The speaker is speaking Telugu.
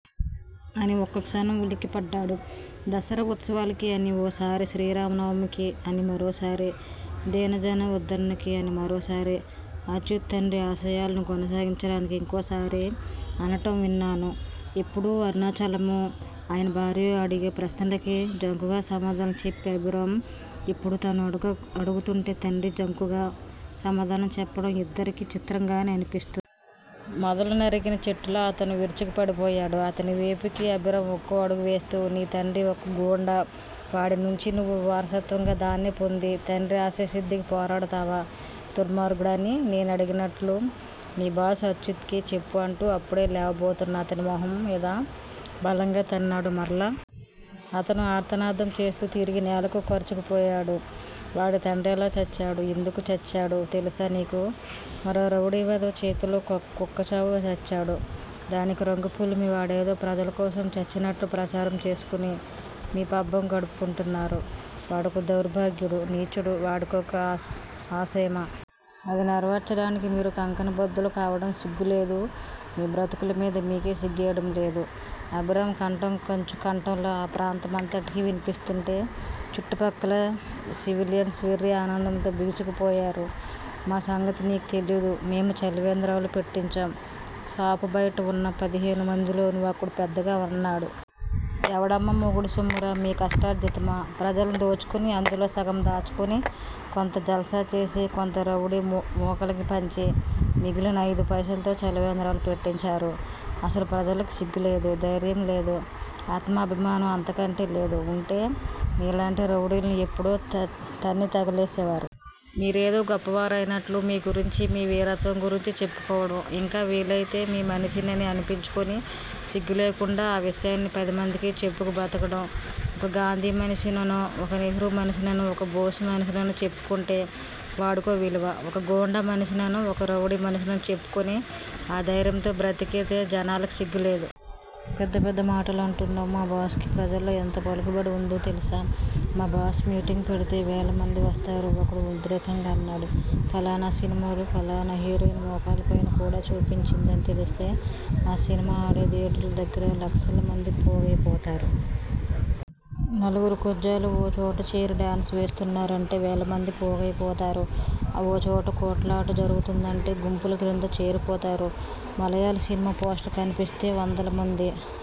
అని ఒక్కక్షణం ఉలిక్కిపడ్డాడు. దసరా ఉత్సవాలకి అని ఓసారి, శ్రీరామనవమికి అని మరోసారి, దీనజన ఉద్దరణకి అని మరోసారి, అచ్యుత్ తండ్రి ఆశయాలను కొనసాగించడానికి ఇంకోసారి అనటం విన్నాను ఎప్పుడూ అరుణాచలమో, ఆయన భార్యో అడిగే ప్రశ్నలకి జంకుగా సమాధానాలు చెప్పే అభిరామ్ యిప్పుడు తను అడుగుతుంటే తండ్రి జంకుగా సమాధానం చెప్పడం యిద్దరికీ చిత్రంగానే అనిపిస్తోంది. మొదలు నరికిన చెట్టులా అతను విరుచుకు పడిపోయాడు. అతని వేపుకి అభిరామ్ ఒక్కో అడుగువేస్తూ- నీ తండ్రి ఒక గూండా! వాడి నుండి నువ్వు వారసత్వంగా దాన్నే పొంది తండ్రి ఆశయసిద్దికి పోరాడతావా దుర్మార్గుడా అని నేనడిగినట్లు నీ బాస్ అచ్యుత్ కి చెప్పు అంటూ అప్పుడే లేవబోతున్న అతని మొహం మీద బలంగా తన్నాడు మరలా. అతను ఆర్తనాదం చేస్తూ తిరిగి నేలకి కరుచుకుపోయాడు. వాడి తండ్రెలా చచ్చాడు? యెందుకు చచ్చాడు? తెలుసా నీకు? మరో రౌడీ వెధవ చేతిలో కుక్కచావు చచ్చాడు. దానికి రంగు పులిమి వాడేదో ప్రజల కోసం చచ్చినట్లు ప్రచారం చేసుకుని మీ పబ్బం గడుపుకుంటున్నారు. వాడొక దౌర్భాగ్యుడు, నీచుడు వాడికొక ఆశయమా? అది నెరవేర్చడానికి మీరు కంకణబద్దులు కావటం సిగ్గులేదూ? మీ బ్రతుకుల మీద మీకే సిగ్గేయటం లేదూ? అభిరామ్ కంఠం కంచు కంఠంలా ఆ ప్రాంతమంతటికీ వినిపిస్తుంటే చుట్టుప్రక్కల సివిలియన్స్ వెర్రి ఆనందంతో బిగుసుకుపోయారు. మా సంగతి నీకు తెలీదు మేము చలివేంద్రాలు పెట్టించాం షాపు బయట వున్న పదిహేనుమందిలోని ఒకడు పెద్దగా అన్నాడు. ఎవడమ్మ మొగుడి సొమ్మురా? మీ కష్టార్జితమా? ప్రజల్ని దోచుకుని, అందులో సగం దాచుకొని, కొంత జల్సాచేసి, కొంత రౌడీమూకలకి పంచి, మిగిలిన ఐదు పైసలతో చలివేంద్రాలు పెట్టించారు? అసలు ప్రజలకి సిగ్గులేదు, ధైర్యం లేదు ఆత్మాభిమానం అంతకంటే లేదు వుంటే మీలాంటి రౌడీల్ని యెప్పుడో తన్ని తగలేసేవారు. మీరేదో గొప్పవారయినట్లు మీ గురించి, మీ వీరత్వం గురించి చెప్పుకోవడం, ఇంకా వీలయితే మీ మనిషినని అనిపించుకొని సిగ్గు లేకుండా ఆ విషయాన్ని పదిమందికీ చెప్పుకు బ్రతకటం, ఒక గాంధీ మనిషిననో, ఒక నెహ్రూ మనిషిననో, ఒక బోసు మనిషిననో చెప్పుకుంటే వాడికో విలువ! ఒక గూండా మనిషిననో, ఒక రౌడీ మనిషిననో చెప్పుకుని, ఆ ధైర్యంతో బ్రతికే జనాలకి సిగ్గులేదు. పెద్ద పెద్ద మాటలంటున్నావ్ మా బాస్ కి ప్రజల్లో యెంత పలుకుబడి వుందో తెలుసా? మా బాస్ మీటింగ్ పెడితే వేలమంది వస్తారు ఒకడు ఉద్రేకంగా అన్నాడు. ఫలానా సినిమాలో ఫలానా హీరోయిన్ మోకాళ్ళ పైన కూడా చూపించిందని తెలిస్తే ఆ సినిమా ఆడే థియేటర్ ల దగ్గర లక్షల మంది పోగయిపోతారు. నలుగురు కొజ్జాలు ఓ చోట చేరి డాన్స్ చేస్తున్నారంటే వేలమంది పోగయిపోతారు. ఓ చోట కొట్లాట జరుగుతోందంటే గుంపుల క్రింద చేరిపోతారు. మళయాళ సినిమా పోస్టర్ కనిపిస్తే వందలమంది